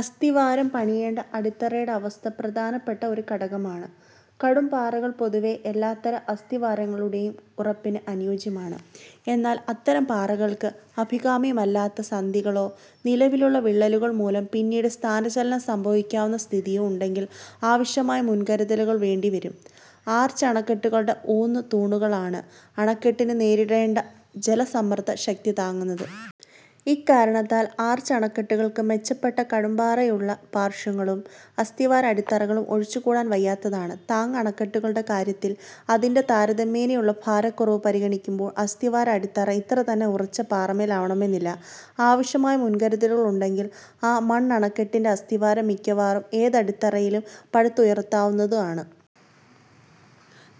അസ്ഥിവാരം പണിയേണ്ട അടിത്തറയുടെ അവസ്ഥ പ്രധാനപ്പെട്ട ഒരു ഘടകമാണ്. കടുംപാറകൾ പൊതുവേ എല്ലാത്തരം അസ്ഥിവാരങ്ങളുടെയും ഉറപ്പിന് അനുയോജ്യമാണ്. എന്നാൽ അത്തരം പാറകൾക്ക് അഭികാമ്യമല്ലാത്ത സന്ധികളൊ, നിലവിലുള്ള വിള്ളലുകൾ മൂലം പിന്നീട് സ്ഥാന ചലനം സംഭവിക്കാവുന്ന സ്ഥിതിയോ ഉണ്ടെങ്കിൽ ആവശ്യമായ മുൻകരുതലുകൾ വേണ്ടി വരും. ആർച്ച് അണക്കെട്ടുകളുടെ ഊന്നു തൂണുകളാണ് അണക്കെട്ടിനു നേരിടേണ്ട ജലസമ്മർദ്ദ ശക്തി താങ്ങുന്നത്. ഇക്കാരണത്താൽ ആർച്ച് അണക്കെട്ടുകൾക്ക് മെച്ചപ്പെട്ട കടുംപാറയുള്ള പാർശ്വങ്ങളും, അസ്ഥിവാര അടിത്തറകളും ഒഴിച്ചു കൂടാൻ വയ്യാത്തതാണ്. താങ്ങ് അണക്കെട്ടുകളുടെ കാര്യത്തിൽ, അതിന്റെ താരതമ്യേനയുള്ള ഭാരക്കുറവ് പരിഗണിക്കുമ്പോൾ അസ്ഥിവാര-അടിത്തറ ഇത്ര തന്നെ ഉറച്ച പാറമേൽ ആവണമെന്നില്ല. ആവശ്യമായ മുൻകരുതലുകൾ ഉണ്ടെങ്കിൽ ഒരു മണ്ണണക്കെട്ടിന്റെ അസ്ഥിവാരം മിക്കവാറും ഏതടിത്തറയിലും പടുത്തുയർത്താവുന്നതാണ്.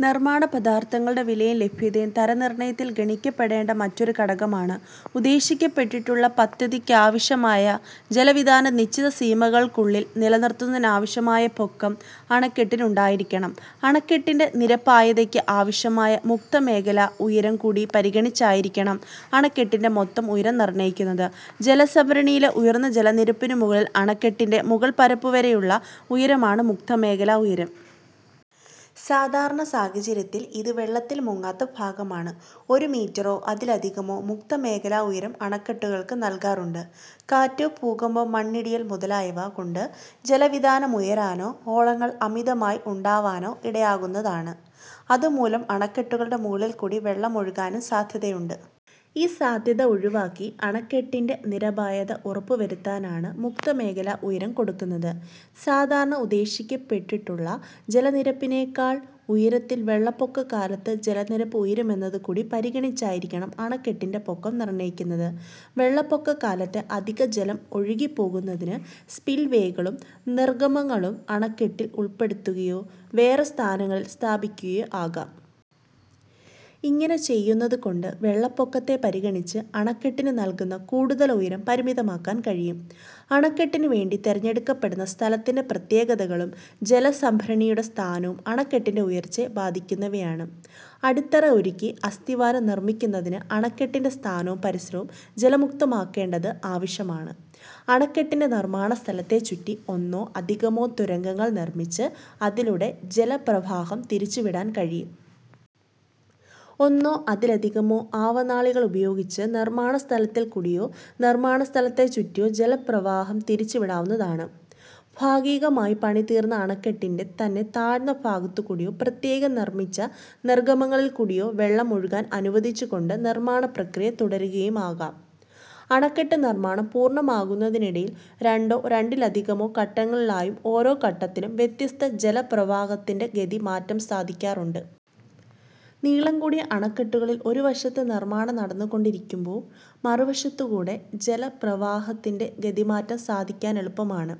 നിർമ്മാണ പദാർഥങ്ങളുടെ വിലയും ലഭ്യതയും തര നിർണയത്തിൽ ഗണിക്കപ്പെടേണ്ട മറ്റൊരു ഘടകമാണ്. ഉദ്ദേശിക്കപ്പെട്ടിട്ടുള്ള പദ്ധതിക്കാവശ്യമായ ജല വിതാനം നിശ്ചിത സീമകൾക്കുള്ളിൽ നിലനിർത്തുന്നതിനാവശ്യമായ പൊക്കം അണക്കെട്ടിനുണ്ടായിരിക്കണം. അണക്കെട്ടിന്റെ നിരപായതയ്ക്ക് ആവശ്യമായ മുക്തമേഖലാ-ഉയരം കൂടി പരിഗണിച്ചായിരിക്കണം അണക്കെട്ടിന്റെ മൊത്തം ഉയരം നിർണ്ണ്ണയിക്കുന്നത്. ജലസംഭരണിയിലെ ഉയർന്ന ജല നിരപ്പിനു മുകളിൽ അണക്കെട്ടിന്റെ മുകൾപരപ്പുവരെയുള്ള ഉയരമാണ് മുക്ത മേഖലാ ഉയരം. സാധാരണ സാഹചര്യത്തിൽ ഇത് വെള്ളത്തിൽ മുങ്ങാത്ത ഭാഗമാണ്. ഒരു മീറ്ററോ അതിലധികമോ മുക്ത മേഖലാ ഉയരം അണക്കെട്ടുകൾക്കു നൽകാറുണ്ട്. കാറ്റ്, ഭൂകമ്പം, മണ്ണിടിയൽ മുതലായവ കൊണ്ട് ജല വിതാനം ഉയരാനോ, ഓളങ്ങൾ അമിതമായി ഉണ്ടാവാനോ ഇടയാകുന്നതാണ്. അതുമൂലം അണക്കെട്ടുകളുടെ മുകളിൽ കൂടി വെള്ളം ഒഴുകാനും സാദ്ധ്യതയുണ്ട്. ഈ സാദ്ധ്യത ഒഴിവാക്കി അണക്കെട്ടിന്റെ നിരപായത ഉറപ്പു വരുത്താനാണ് മുക്തമേഖലാ-ഉയരം കൊടുക്കുന്നത്. സാധാരണ ഉദ്ദേശിക്കപ്പെട്ടിട്ടുള്ള ജലനിരപ്പിനേക്കാൾ ഉയരത്തിൽ വെള്ളപ്പൊക്ക കാലത്ത് ജലനിരപ്പ് ഉയരുമെന്നതു കൂടി പരിഗണിച്ചായിരിക്കണം അണക്കെട്ടിന്റെ പൊക്കം നിർണ്ണ്ണയിക്കുന്നത്. വെള്ളപ്പൊക്ക കാലത്തെ അധിക ജലം ഒഴുകി പോകുന്നതിന് സ്പിൽവേകളും നിർഗ്ഗമങ്ങളും അണക്കെട്ടിൽ ഉൾപ്പെടുത്തുകയൊ, വേറെ സ്ഥാനങ്ങളിൽ സ്ഥാപിക്കുകയൊ ആകാം. ഇങ്ങനെ ചെയ്യുന്നതു കൊണ്ട് വെള്ളപ്പൊക്കത്തെ പരിഗണിച്ച് അണക്കെട്ടിനു നൽകുന്ന കൂടുതൽ ഉയരം പരിമിതമാക്കാൻ കഴിയും. അണക്കെട്ടിനു വേണ്ടി തിരഞ്ഞെടുക്കപ്പെടുന്ന സ്ഥലത്തിന്റെ പ്രത്യേകതകളും ജലസംഭരണിയുടെ സ്ഥാനവും അണക്കെട്ടിന്റെ ഉയർച്ചയെ ബാധിക്കുന്നവയാണ്. അടിത്തറ ഒരുക്കി അസ്ഥിവാരം നിർമ്മിക്കുന്നതിന് അണക്കെട്ടിന്റെ സ്ഥാനവും പരിസരവും ജലമുക്തമാക്കേണ്ടത് ആവശ്യമാണ്. അണക്കെട്ടിന്റെ നിർമ്മാണ സ്ഥലത്തെ ചുറ്റി ഒന്നോ അധികമോ തുരങ്കങ്ങൾ നിർമ്മിച്ച് അതിലൂടെ ജല പ്രവാഹം തിരിച്ചു വിടാൻ കഴിയും. ഒന്നോ അതിലധികമോ അവനാളികൾ ഉപയോഗിച്ച് നിർമ്മാണ സ്ഥലത്തിൽ കൂടെയോ, നിർമ്മാണ സ്ഥലത്തെ ചുറ്റിയോ ജല പ്രവാഹം തിരിച്ചു വിടാവുന്നതാണ്. ഭാഗികമായി പണി തീർന്ന അണക്കെട്ടിന്റെ തന്നെ താഴ്ന്ന ഭാഗത്തു കൂടിയോ പ്രത്യേകം നിർമ്മിച്ച നിർഗമങ്ങളിൽകൂടിയോ വെള്ളം ഒഴുകാൻ അനുവദിച്ചു കൊണ്ട് നിർമ്മാണ പ്രക്രിയ തുടരുകയുമാകാം. അണക്കെട്ടു നിർമ്മാണം പൂർണമാകുന്നതിനിടയിൽ രണ്ടോ രണ്ടിൽ അധികമോ ഘട്ടങ്ങളിലായും ഓരോ ഘട്ടത്തിലും വ്യത്യസ്ത ജലപ്രവാഹത്തിന്റെ ഗതി മാറ്റം സാധിക്കാറുണ്ട്. നീളം കൂടിയ അണക്കെട്ടുകളിൽ ഒരുവശത്ത് നിർമ്മാണം നടന്നുകൊണ്ടിരിക്കുമ്പോൾ മറുവശത്തുകൂടെ ജലപ്രവാഹത്തിന്റെ ഗതിമാറ്റം സാധിക്കാനെളുപ്പമാണ്.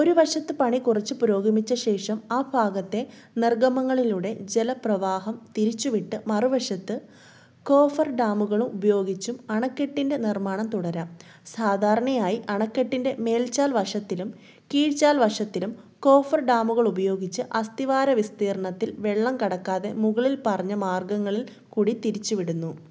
ഒരുവശത്ത് പണി കുറച്ച് പുരോഗമിച്ചശേഷം ആ ഭാഗത്തെ നിർഗമങ്ങളിലൂടെ ജലപ്രവാഹം തിരിച്ചുവിട്ട് മറുവശത്ത് കോഫർഡാമുകളുപയോഗിച്ചും അണക്കെട്ടിന്റെ നിർമ്മാണം തുടരാം. സാധാരണയായി അണക്കെട്ടിന്റെ മേൽചാൽവശത്തിലും കീഴ്ചാൽവശത്തിലും കോഫർഡാമുകൾ ഉപയോഗിച്ച് അസ്തിവാരവിസ്തീർണത്തിൽ വെള്ളം കടക്കാതെ മുകളിൽ പറഞ്ഞ മാർഗങ്ങളിൽ കൂടി തിരിച്ചുവിടുന്നു.